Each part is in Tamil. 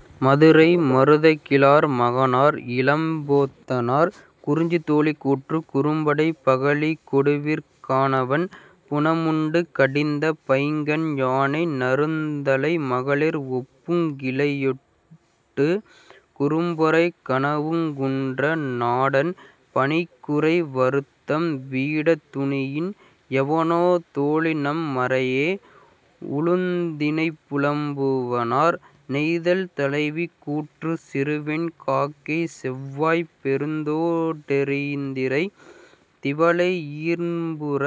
-மதுரை மருதங்கிழார் மகனார் இளம்போத்தனார்.. குறிஞ்சி தோழி கூற்று குறும்படைப் பகழிக் கொடுவிற் கானவன் புனமுண்டு கடிந்த பைங்கண் யானை நறுந்தழை மகளிர் ஓப்புங் கிள்ளையொடு குறும்பொறைக் கணவுங் குன்ற நாடன் பணிக்குறை வருத்தம் வீடத் துணியின் எவனோ தோழிநம் மறையே. -உழுந்தினைம்புலவனார்.. நெய்தல் தலைவி கூற்று சிறுவெண் காக்கைச் செவ்வாய்ப் பெருந்தோ டெறிதிரைத் திவலை யீர்ம்புற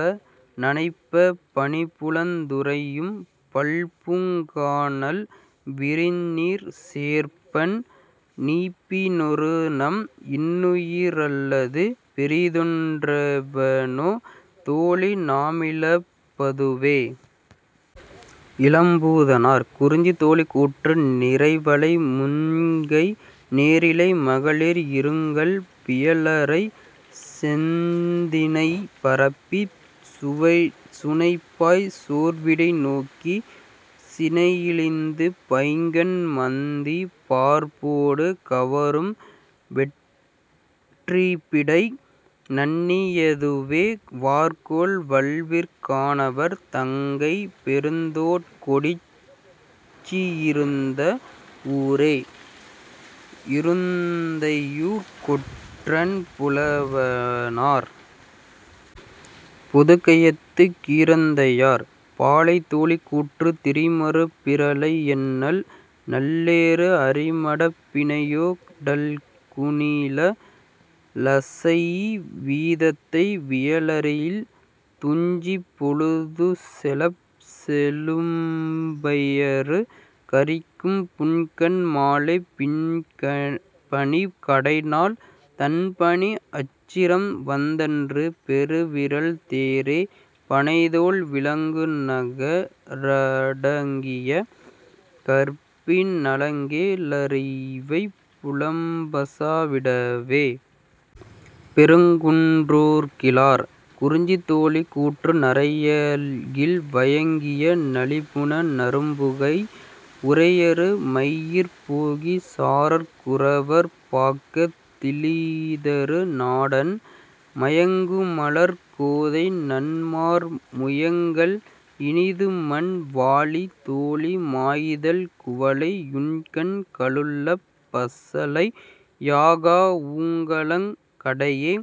நனைப்பப் பனிபுலந் துறையும் பல்பூங் கானல் விரிநீர்ச் சேர்ப்பன் நீப்பி னொருநம் இன்னுயி ரல்லது பிறிதொன் றெவனோ தோழி நாமிழப் பதுவே. -இளம்பூதனார்.. குறிஞ்சி தோழி கூற்று நிரைவளை முன்கை நேரிழை மகளிர் இருங்கல் வியலறைச் செந்தினை பரப்பிச் சுனைபாய் சோர்விடை நோக்கிச் சினையிழிந்து பைங்கண் மந்தி பார்ப்போடு கவரும் வெற்றிபிடை நண்ணி யதுவே வார்கோல் வல்விற் கானவர் தங்கைப் பெருந்தோட் கொடிச்சி யிருந்த வூரே. -இருந்தையூர்க் கொற்றன் புலவனார்.. -பொதுக்கயத்துக் கீரந்தையார்.. பாலை தோழி கூற்று திரிமருப் பிரலை யண்ணல் நல்லேறு அரிமடப் பிணையோ டல்குநிழ லசைஇ வீததை வியலரில் துஞ்சிப் பொழுதுசெலச் செழும்பயறு கறிக்கும் புன்கண் மாலைப் பின்பனிக் கடைநாள் தண்பனி அச்சிரம் வந்தன்று பெருவிறல் தேரே பணைத்தோள் விளங்குநக ரடங்கிய கற்பின் நலங்கே ழரிவை புலம்பசா விடவே. -பெருங்குன்றோர்கிழார்.. குறிஞ்சி தோழி கூற்று நறையகில் வயங்கிய நளிபுன நறும்புகை உறையறு மையிற் போகிச் சாரற் குறவர் பாக்கத் திழிதரு நாடன் மயங்குமலர்க் கோதை நன்மார்பு முயங்கல் இனிதுமன் வாழி தோழி மாயிதழ்க் குவளை யுண்கண் கலுழப் பசலை யாகா வூங்கலங் கடையே.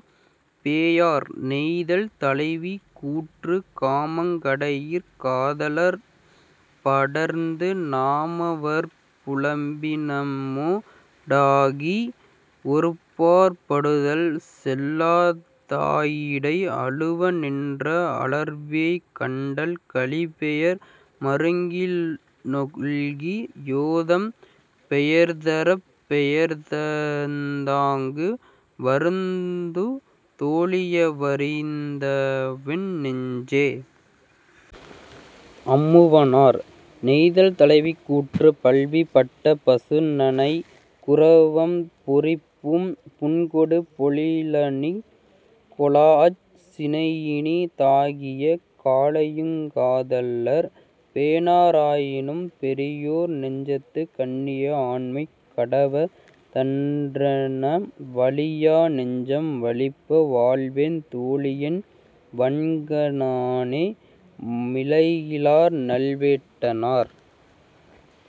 -பேயார்.. நெய்தல் தலைவி கூற்று காமங் கடையிற் காதலர்ப் படர்ந்து நாமவர்ப் புலம்பி னம்மோ டாகி ஒருபாற் படுதல் செல்லா தாயிடை அழுவ நின்ற அலர்வேய் கண்டல் கழிபெயர் மருங்கி னொல்கி யோதம் பெயர்தரப் பெயர்தந் தாங்கு வருந்துந் தோழியவ ரிருந்தவென் நெஞ்சே. -அம்மூவனார்.. நெய்தல் தலைவி கூற்று பல்வீ பட்ட பசுநனைக் குரவம் பொரிப்பூம் புன்கொடு பொழிலணிக் கொளாஅச் சினையினி தாகிய காலையுங் காதலர் பேணா ராயினும் பெரியோர் நெஞ்சத்துக் கண்ணிய ஆண்மை கடவ தன்றென வலியா நெஞ்சம் வலிப்ப வாழ்வேன் தோழியென் வன்க ணானே. -மிளைகிழார் நல்வேட்டனார்..